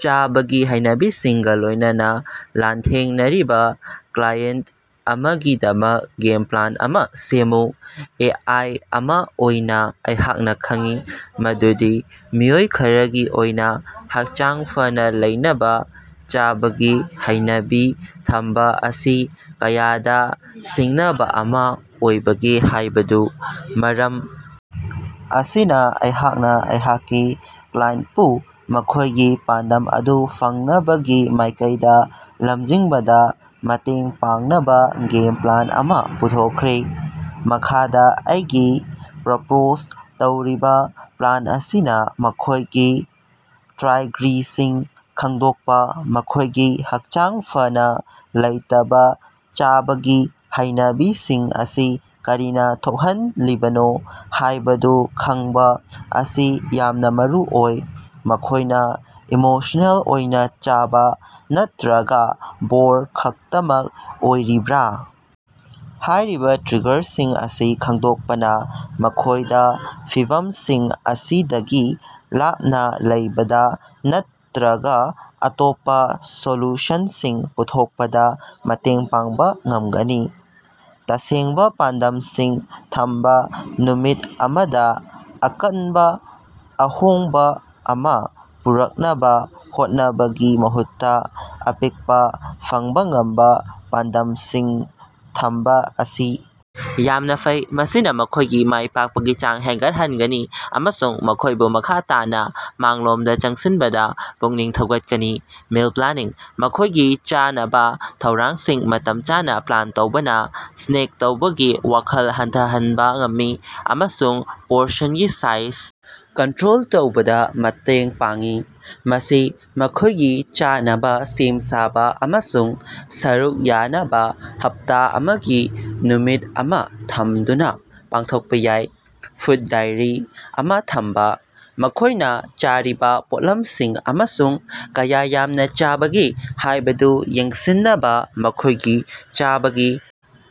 ꯆꯥꯕꯒꯤ ꯍꯩꯅꯕꯤꯁꯤꯡꯒ ꯂꯣꯏꯅꯅ ꯂꯥꯟꯊꯦꯡꯅꯔꯤꯕ ꯀ꯭ꯂꯥꯏꯑꯦꯟꯇ ꯑꯃꯒꯤꯗꯃꯛ ꯒꯦꯝ ꯄ꯭ꯂꯥꯟ ꯑꯃ ꯁꯦꯝꯃꯨ꯫ ꯑꯦ. ꯑꯥꯏ. ꯑꯃ ꯑꯣꯏꯅ ꯑꯩꯍꯥꯛꯅ ꯈꯪꯏ ꯃꯗꯨꯗꯤ ꯃꯤꯑꯣꯏ ꯈꯔꯒꯤ ꯑꯣꯏꯅ ꯍꯛꯆꯥꯡ ꯐꯅ ꯂꯩꯅꯕ ꯆꯥꯕꯒꯤ ꯍꯩꯅꯕꯤ ꯊꯝꯕ ꯑꯁꯤ ꯀꯌꯥꯗ ꯁꯤꯡꯅꯕ ꯑꯃ ꯑꯣꯏꯕꯒꯦ ꯍꯥꯏꯕꯗꯨ꯫ ꯃꯔꯝ ꯑꯁꯤꯅ ꯑꯩꯍꯥꯛꯅ ꯑꯩꯍꯥꯛꯀꯤ ꯀ꯭ꯂꯥꯏꯟꯇꯄꯨ ꯃꯈꯣꯏꯒꯤ ꯄꯥꯟꯗꯝ ꯑꯗꯨ ꯐꯪꯅꯕꯒꯤ ꯃꯥꯏꯀꯩꯗ ꯂꯜꯖꯤꯡꯕꯗ ꯃꯇꯦꯡ ꯄꯥꯡꯅꯕ ꯒꯦꯝ ꯄ꯭ꯂꯥꯟ ꯑꯃ ꯄꯨꯊꯣꯛꯈ꯭ꯔꯦ꯫ ꯃꯈꯥꯗ ꯑꯩꯒꯤ ꯄ꯭ꯔꯄꯣꯖ ꯇꯧꯔꯤꯕ ꯄ꯭ꯂꯥꯟ ꯑꯁꯤꯅꯤ: ꯃꯈꯣꯏꯒꯤ ꯇ꯭ꯔꯥꯏꯒ꯭ꯔꯤꯁꯤꯡ ꯈꯪꯗꯣꯛꯄ: ꯃꯈꯣꯏꯒꯤ ꯍꯛꯆꯥꯡ ꯐꯅ ꯂꯩꯇꯕ ꯆꯥꯕꯒꯤ ꯍꯩꯅꯕꯤꯁꯤꯡ ꯑꯁꯤ ꯀꯔꯤꯅ ꯊꯣꯛꯍꯜꯂꯤꯕꯅꯣ ꯍꯥꯏꯕꯗꯨ ꯈꯪꯕ ꯑꯁꯤ ꯌꯥꯝꯅ ꯃꯔꯨꯑꯣꯏ꯫ ꯃꯈꯣꯏꯅ ꯏꯃꯣꯁꯅꯦꯜ ꯑꯣꯏꯅ ꯆꯥꯕ ꯅꯠꯇꯔꯒ ꯕꯣꯔ ꯈꯛꯇꯃꯛ ꯑꯣꯏꯔꯤꯕꯔ? ꯍꯥꯏꯔꯤꯕ ꯇ꯭ꯔꯤꯒꯔꯁꯤꯡ ꯑꯁꯤ ꯈꯪꯗꯣꯛꯄꯅ ꯃꯈꯣꯏꯗ ꯐꯤꯚꯝꯁꯤꯡ ꯑꯁꯤꯗꯒꯤ ꯂꯥꯞꯅ ꯂꯩꯕꯗ ꯅꯠꯇꯔꯒ ꯑꯇꯣꯞꯄ ꯁꯣꯂꯨꯁꯟꯁꯤꯡ ꯄꯨꯊꯣꯛꯄꯗ ꯃꯇꯦꯡ ꯄꯥꯡꯕ ꯉꯝꯒꯅꯤ꯫ ꯇꯁꯦꯡꯕ ꯄꯥꯟꯗꯝꯁꯤꯡ ꯊꯝꯕ ꯅꯨꯃꯤꯠ ꯑꯃꯗ ꯑꯀꯟꯕ ꯑꯍꯣꯡꯕ ꯑꯃ ꯄꯨꯔꯛꯅꯕ ꯍꯣꯠꯅꯕꯒꯤ ꯃꯍꯨꯠꯇ, ꯑꯄꯤꯛꯄ, ꯐꯪꯕ ꯉꯝꯕ ꯄꯥꯟꯗꯃꯁꯤꯡ ꯊꯝꯕ ꯑꯁꯤ ꯌꯥꯝꯅ ꯐꯩ꯫ ꯃꯁꯤꯅ ꯃꯈꯣꯏꯒꯤ ꯃꯥꯏ ꯄꯥꯛꯄꯒꯤ ꯆꯥꯡ ꯍꯦꯟꯒꯠꯍꯟꯒꯅꯤ ꯑꯃꯁꯨꯡ ꯃꯈꯣꯏꯕꯨ ꯃꯈ ꯇꯥꯅ ꯃꯥꯡꯂꯣꯝꯗ ꯆꯪꯁꯤꯟꯕꯗ ꯄꯨꯛꯅꯤꯡ ꯊꯧꯒꯠꯀꯅꯤ꯫ ꯃꯤꯜ ꯄ꯭ꯂꯥꯅꯤꯡ: ꯃꯈꯣꯏꯒꯤ ꯆꯥꯅꯕ ꯊꯧꯔꯥꯡꯁꯤꯡ ꯃꯇꯝ ꯆꯥꯅ ꯄ꯭ꯂꯥꯟ ꯇꯧꯕꯅ ꯁ꯭ꯅꯦꯛ ꯇꯧꯕꯒꯤ ꯋꯥꯈꯜ ꯍꯟꯊꯍꯟꯕ ꯉꯝꯃꯤ ꯑꯃꯁꯨꯡ ꯄꯣꯔꯁꯟꯒꯤ ꯁꯥꯏꯖ ꯀꯟꯠꯔꯣꯜ ꯇꯧꯕꯗ ꯃꯇꯦꯡ ꯄꯥꯡꯏ꯫ ꯃꯁꯤ ꯃꯈꯣꯏꯒꯤ ꯆꯥꯅꯕ ꯁꯦꯝ-ꯁꯥꯕ ꯑꯃꯁꯨꯡ ꯁꯔꯨꯛ ꯌꯥꯅꯕ ꯍꯞꯇ ꯑꯃꯒꯤ ꯅꯨꯃꯤꯠ ꯑꯃ ꯊꯝꯗꯨꯅ ꯄꯥꯡꯊꯣꯛꯄ ꯌꯥꯏ꯫ ꯐꯨꯗ ꯗꯥꯏꯔꯤ ꯑꯃ ꯊꯝꯕ: ꯃꯈꯣꯏꯅ ꯆꯥꯔꯤꯕ ꯄꯣꯠꯂꯝꯁꯤꯡ ꯑꯃꯁꯨꯡ ꯀꯌ ꯌꯥꯝꯅ ꯆꯥꯕꯒꯦ ꯍꯥꯏꯕꯗꯨ ꯌꯦꯡꯁꯤꯟꯕꯅ ꯃꯈꯣꯏꯒꯤ ꯆꯥꯕꯒꯤ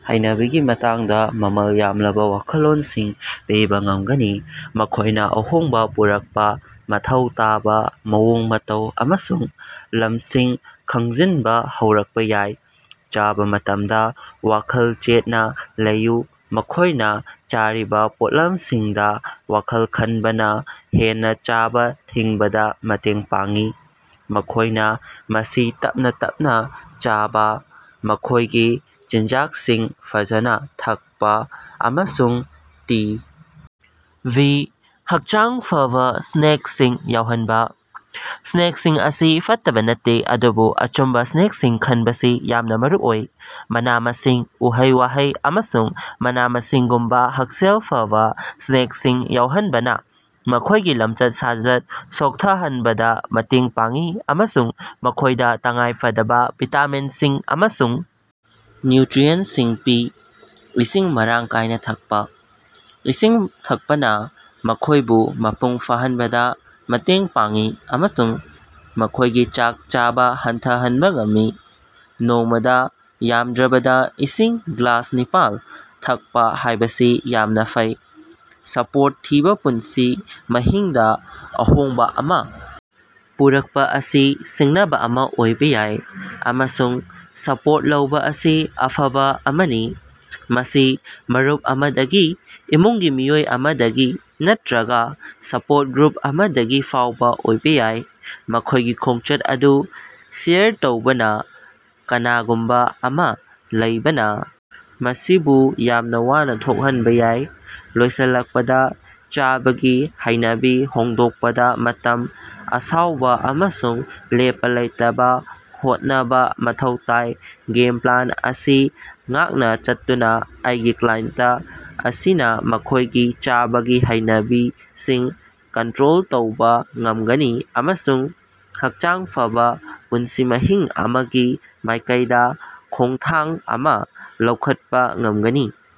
ꯍꯩꯅꯕꯤꯒꯤ ꯃꯇꯥꯡꯗ ꯃꯃꯜ ꯌꯥꯝꯂꯕ ꯋꯥꯈꯜꯂꯣꯟꯁꯤꯡ ꯄꯤꯕ ꯉꯝꯒꯅꯤ꯫ ꯃꯈꯣꯏꯅ ꯑꯍꯣꯡꯕ ꯄꯨꯔꯛꯄ ꯃꯊꯧ ꯇꯥꯕ ꯃꯑꯣꯡ-ꯃꯇꯧ ꯑꯃꯁꯨꯡ ꯂꯝꯁꯤꯡ ꯈꯪꯖꯤꯟꯕ ꯍꯧꯔꯛꯄ ꯌꯥꯏ꯫ ꯆꯥꯕ ꯃꯇꯝꯗ ꯋꯥꯈꯜ ꯆꯦꯠꯅ ꯂꯩꯌꯨ ꯃꯈꯣꯏꯅ ꯆꯥꯔꯤꯕ ꯄꯣꯠꯂꯝꯁꯤꯡꯗ ꯋꯥꯈꯜ ꯈꯟꯕꯅ ꯍꯦꯟꯅ ꯆꯥꯕ ꯊꯤꯡꯕꯗ ꯃꯇꯦꯡ ꯄꯥꯡꯏ꯫ ꯃꯈꯣꯏꯅ ꯃꯁꯤ ꯇꯞꯅ ꯇꯞꯅ ꯆꯥꯕ, ꯃꯈꯣꯏꯒꯤ ꯆꯤꯟꯖꯥꯛꯁꯤꯡ ꯐꯖꯅ ꯊꯛꯄ ꯑꯃꯁꯨꯡ ꯇꯤ. ꯚꯤ. ꯍꯛꯆꯥꯡ ꯐꯕꯥ ꯁ꯭ꯅꯦꯛꯁꯤꯡ ꯌꯥꯎꯍꯟꯕ: ꯁ꯭ꯅꯦꯛꯁꯤꯡ ꯑꯁꯤ ꯐꯠꯇꯕ ꯅꯠꯇꯦ, ꯑꯗꯨꯕꯨ ꯑꯆꯨꯝꯕ ꯁ꯭ꯅꯦꯛꯁꯤꯡ ꯈꯟꯕꯁꯤ ꯌꯥꯝꯅ ꯃꯔꯨꯑꯣꯏ꯫ ꯃꯅꯥ-ꯃꯁꯤꯡ, ꯎꯍꯩ-ꯋꯥꯍꯩ ꯑꯃꯁꯨꯡ ꯃꯅꯥ-ꯃꯁꯤꯡꯒꯨꯝꯕ ꯍꯛꯁꯦꯜ ꯐꯕꯥ ꯁ꯭ꯅꯦꯛꯁꯤꯡ ꯌꯥꯎꯍꯟꯕꯅ ꯃꯈꯣꯏꯒꯤ ꯂꯝꯆꯠ-ꯁꯥꯖꯠ ꯁꯣꯟꯊꯍꯟꯕꯗ ꯃꯇꯦꯡ ꯄꯥꯡꯏ ꯑꯃꯁꯨꯡ ꯃꯈꯣꯏꯗ ꯇꯉꯥꯏꯐꯗꯕ ꯚꯤꯇꯥꯃꯤꯟꯁꯤꯡ ꯑꯃꯁꯨꯡ ꯅ꯭ꯌꯨꯇꯔꯤꯌꯦꯟꯇꯁꯤꯡ ꯄꯤ꯫ ꯏꯁꯤꯡ ꯃꯔꯥꯡ ꯀꯥꯏꯅ ꯊꯛꯄ: ꯏꯁꯤꯡ ꯊꯛꯄꯅ ꯃꯈꯣꯏꯕꯨ ꯃꯄꯨꯡ ꯐꯥꯍꯟꯕꯗ ꯃꯇꯦꯡ ꯄꯥꯡꯏ ꯑꯃꯁꯨꯡ ꯃꯈꯣꯏꯒꯤ ꯆꯥꯛ ꯆꯥꯕ ꯍꯟꯊꯍꯟꯕ ꯉꯝꯃꯤ꯫ ꯅꯣꯡꯃꯗꯥ ꯌꯥꯝꯗ꯭ꯔꯕꯗ ꯏꯁꯤꯡ ꯒ꯭ꯂꯥꯁꯅꯤꯄꯥꯜ ꯊꯛꯄ ꯍꯥꯏꯕꯁꯤ ꯌꯥꯝꯅ ꯐꯩ꯫ ꯁꯄꯣꯔꯇ ꯊꯤꯕ ꯄꯨꯟꯁꯤ ꯃꯍꯤꯡꯗ ꯑꯍꯣꯡꯕ ꯑꯃ ꯄꯨꯔꯛꯄ ꯑꯁꯤ ꯁꯤꯡꯅꯕ ꯑꯃ ꯑꯣꯏꯕ ꯌꯥꯏ, ꯑꯃꯁꯨꯡ ꯁꯄꯣꯔꯠ ꯂꯧꯕ ꯑꯁꯤ ꯑꯐꯕ ꯑꯃꯅꯤ꯫ ꯃꯁꯤ ꯃꯔꯨꯞ ꯑꯃꯗꯒꯤ, ꯏꯃꯨꯡꯒꯤ ꯃꯤꯑꯣꯏ ꯑꯃꯗꯒꯤ ꯅꯠꯇꯔꯒ ꯁꯄꯣꯔꯠ ꯒ꯭ꯔꯨꯞ ꯑꯃꯗꯒꯤ ꯐꯥꯎꯕ ꯑꯣꯏꯕ ꯌꯥꯏ꯫ ꯃꯈꯣꯏꯒꯤ ꯈꯣꯡꯆꯠ ꯑꯗꯨ ꯁꯦꯌꯔ ꯇꯧꯅꯕ ꯀꯅꯥꯒꯨꯝꯕ ꯑꯃ ꯂꯩꯕꯅ ꯃꯁꯤꯕꯨ ꯌꯥꯝꯅ ꯋꯥꯅ ꯊꯣꯛꯍꯟꯕ ꯌꯥꯏ꯫ ꯂꯣꯏꯁꯤꯜꯂꯛꯄꯗ, ꯆꯥꯕꯒꯤ ꯍꯩꯅꯕꯤ ꯍꯣꯡꯗꯣꯛꯄꯗ ꯃꯇꯝ, ꯑꯁꯥꯎꯕ ꯑꯃꯁꯨꯡ ꯂꯦꯞꯄ ꯂꯩꯇꯅ ꯍꯣꯠꯅꯕ ꯃꯊꯧ ꯇꯥꯏ꯫ ꯒꯦꯝ ꯄ꯭ꯂꯥꯟ ꯑꯁꯤ ꯉꯥꯛꯅ ꯆꯠꯇꯨꯅ ꯑꯩꯒꯤ ꯀ꯭ꯂꯥꯏꯑꯦꯟꯇ ꯑꯁꯤꯅ ꯃꯈꯣꯏꯒꯤ ꯆꯥꯕꯒꯤ ꯍꯩꯅꯕꯤꯁꯤꯡ ꯀꯟꯇꯔꯣꯜ ꯇꯧꯕꯥ ꯉꯝꯒꯅꯤ ꯑꯃꯁꯨꯡ ꯍꯛꯆꯥꯡ ꯐꯕꯥ ꯄꯨꯟꯁꯤ ꯃꯍꯤꯡ ꯑꯃꯒꯤ ꯃꯥꯏꯀꯩꯗꯥ ꯈꯣꯉꯊꯥꯡ ꯑꯃ ꯂꯧꯈꯠꯄꯥ ꯉꯝꯒꯅꯤ꯫